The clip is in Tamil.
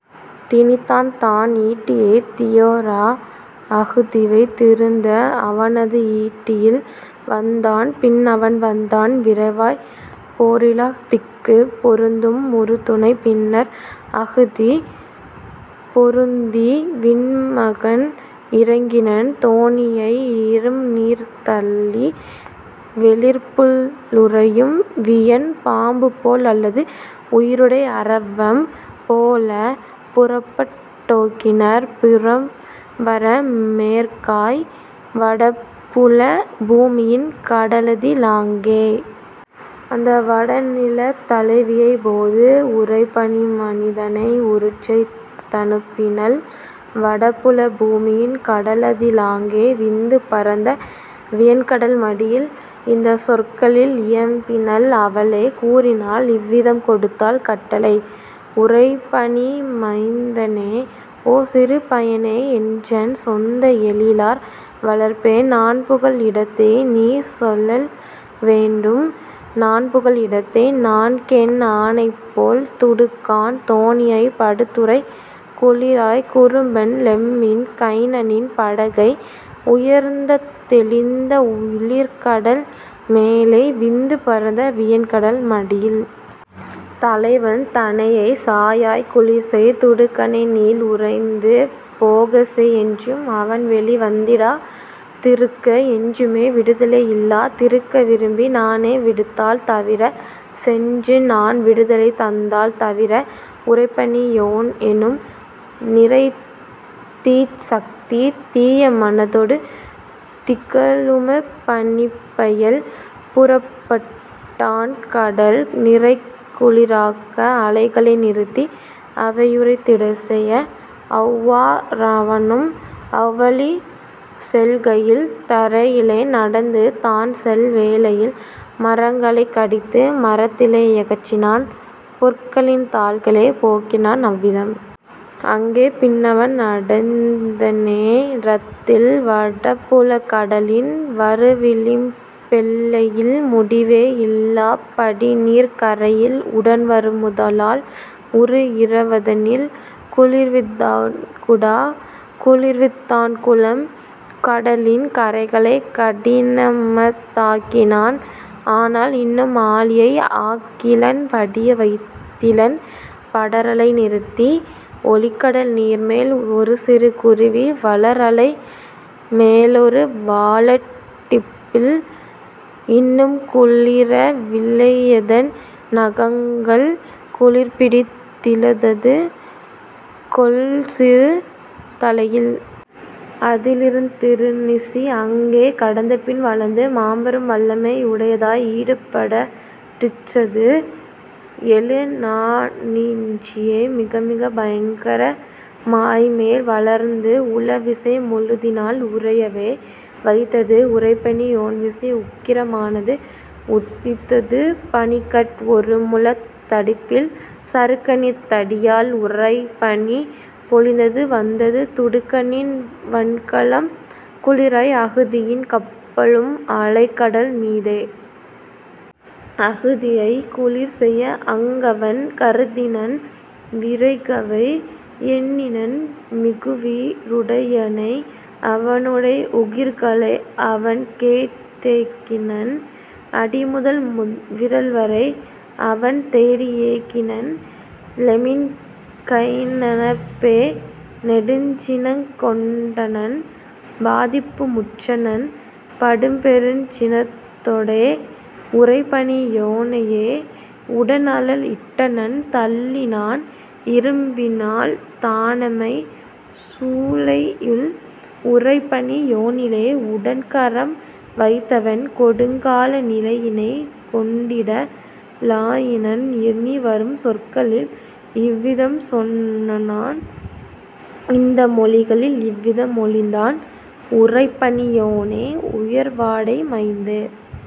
திணித்தான் தனது ஈட்டியைத் தியேரா அஹ்திவைத் திருந்த அவனது ஈட்டியுள் வந்தான் பின்அவன் வந்தான் விரைவாய் போரிலஹ் திக்குப் பொருந்தும் உறுதுணை பின்னர் அஹ்தி பெருந்தீ வின்மகன் இறக்கினன் தோணியை இரும்நீர்த் தள்ளி। வெளிர்புல் லுறையும் வியன் பாம்புபோல் அல்லது உயிருடை அரவம் போல புறப்பட் டேகினர் புறம்வட மேற்காய் வடபுலப் பூமியின் கடலதி லாங்கே. அந்த வடநிலத் தலைவியைப் போது உறைபனி மனிதனை உருச்செய் தனுப்பினள் வடபுலப் பூமியின் கடலதி லாங்கே விந்து பரந்த வியன்கடல் மடியில்; இந்தச் சொற்களில் இயம்பினள் அவளே கூறினாள் இவ்விதம் கொடுத்தாள் கட்டளை: "உறைபனி மைந்தனே ஓ, சிறு பையனே! என்றன் சொந்த எழிலார் வளர்ப்பே! நான்புகல் இடத்தே நீசெலல் வேண்டும் நான்புகல் இடத்தே நன்கென் ஆணைபோல்: துடுக்கான் தோணியைப் படுத்துறை குளிராய் குறும்பன் லெம்மின் கைனனின் படகை உயர்ந்த தெளிந்த ஒளிர்கடல் மேலே விந்து பரந்த வியன்கடல் மடியில்! தலைவன் தனையே சாயாய்க் குளிர்செய் துடுக்கனை நீல் உறைந்து போகச்செய் என்றும் அவன்வெளி வந்திடா திருக்க என்றுமே விடுதலை யில்லா திருக்க விரும்பி நானே விடுத்தால் தவிர சென்றுநான் விடுதலை தந்தால் தவிர! " உறைபனி யோன்எனும் நிறைதீச் சக்தி தீய மனத்தொடு திகழுமப் பனிப்பையல் புறப்பட் டான்கடல் நிறைகுளி ராக்க அலைகளை நிறுத்தி அவையுறைந் திடச்செய; அவ்வா றவனும் அவ்வழி செல்கையில் தரையிலே நடந்து தான்செல் வேளையில் மரங்களைக் கடித்து மரத்திலை யகற்றினான் புற்களின் தாள்களைப் போக்கினான் அவ்விதம். அங்கே பின்அவன் அடைந்தநே ரத்தில் வடபுலக் கடலின் வருவிளிம் பெல்லையில் முடிவே யில்லாப் படிநீர்க் கரையில் உடன்வரு முதலாம் உறுஇர வதனில் குளிர்வித் தான்குடா, குளிர்வித் தான்குளம், கடலின் கரைகளைக் கடினம தாக்கினான் ஆனால் இன்னும் ஆழியை ஆக்கிலன் படிய வைத்திலன் படரலை நிறுத்தி; ஒலிகடல் நீர்மேல் ஒருசிறு குருவி வளர்அலை மேலொரு வாலாட் டிப்புள் இன்னும் குளிர விலையதன் நகங்கள் குளிர்பிடித் திலதது கொள்சிறு தலையில். அதிலிருந் திருநிசி அங்கே கடந்தபின் வளர்ந்தது மாபெரும் வல்லமை யுடையதாய் ஈடுபா டுற்றது எழு நா ணின்றியே மிகமிகப் பயங்கர மாய்மேல் வளர்ந்தது உள விசை முழுதினால் உறையவே வைத்தது உறைபனி யோன்விசை உக்கிர மானது உதித்தது பனிக்கட் ஒருமுழத் தடிப்பில் சறுக்கணித் தடியாழ் உறைபனி பொழிந்தது வந்தது துடுக்கனின் வன்கலம் குளிராய் அஹ்தியின் கப்பலும் அலைகடல் மீதே. அஹ்தியைக் குளிர்செய அங்கவன் கருதினன் விறைக்கவைக் எண்ணினன் மிகுவீ றுடையனை அவனுடை உகிர்களை அவன்கேட் டேகினன் அடிமுதல் விரல்வரை அவன்தேடி யேகினன்; லெமின்கைன னப்போ நெடுஞ்சினங் கொண்டனன் பாதிப்பு முற்றனன் படுபெருஞ் சினத்தொடே உறைபனி யோனையே உடன்அனல் இட்டனன் தள்ளினான் இரும்பினால் தானமை சூளையுள். உறைபனி யோனிலே உடன்கரம் வைத்தவன் கொடுங்கால நிலையினை கொண்டிட லாயினன் இனிவரும் சொற்களில் இவ்விதம் சொன்னான் இந்த மொழிகளில் இவ்விதம் மொழிந்தான்: "உறைபனி யோனே, உயர்வாடை மைந்த!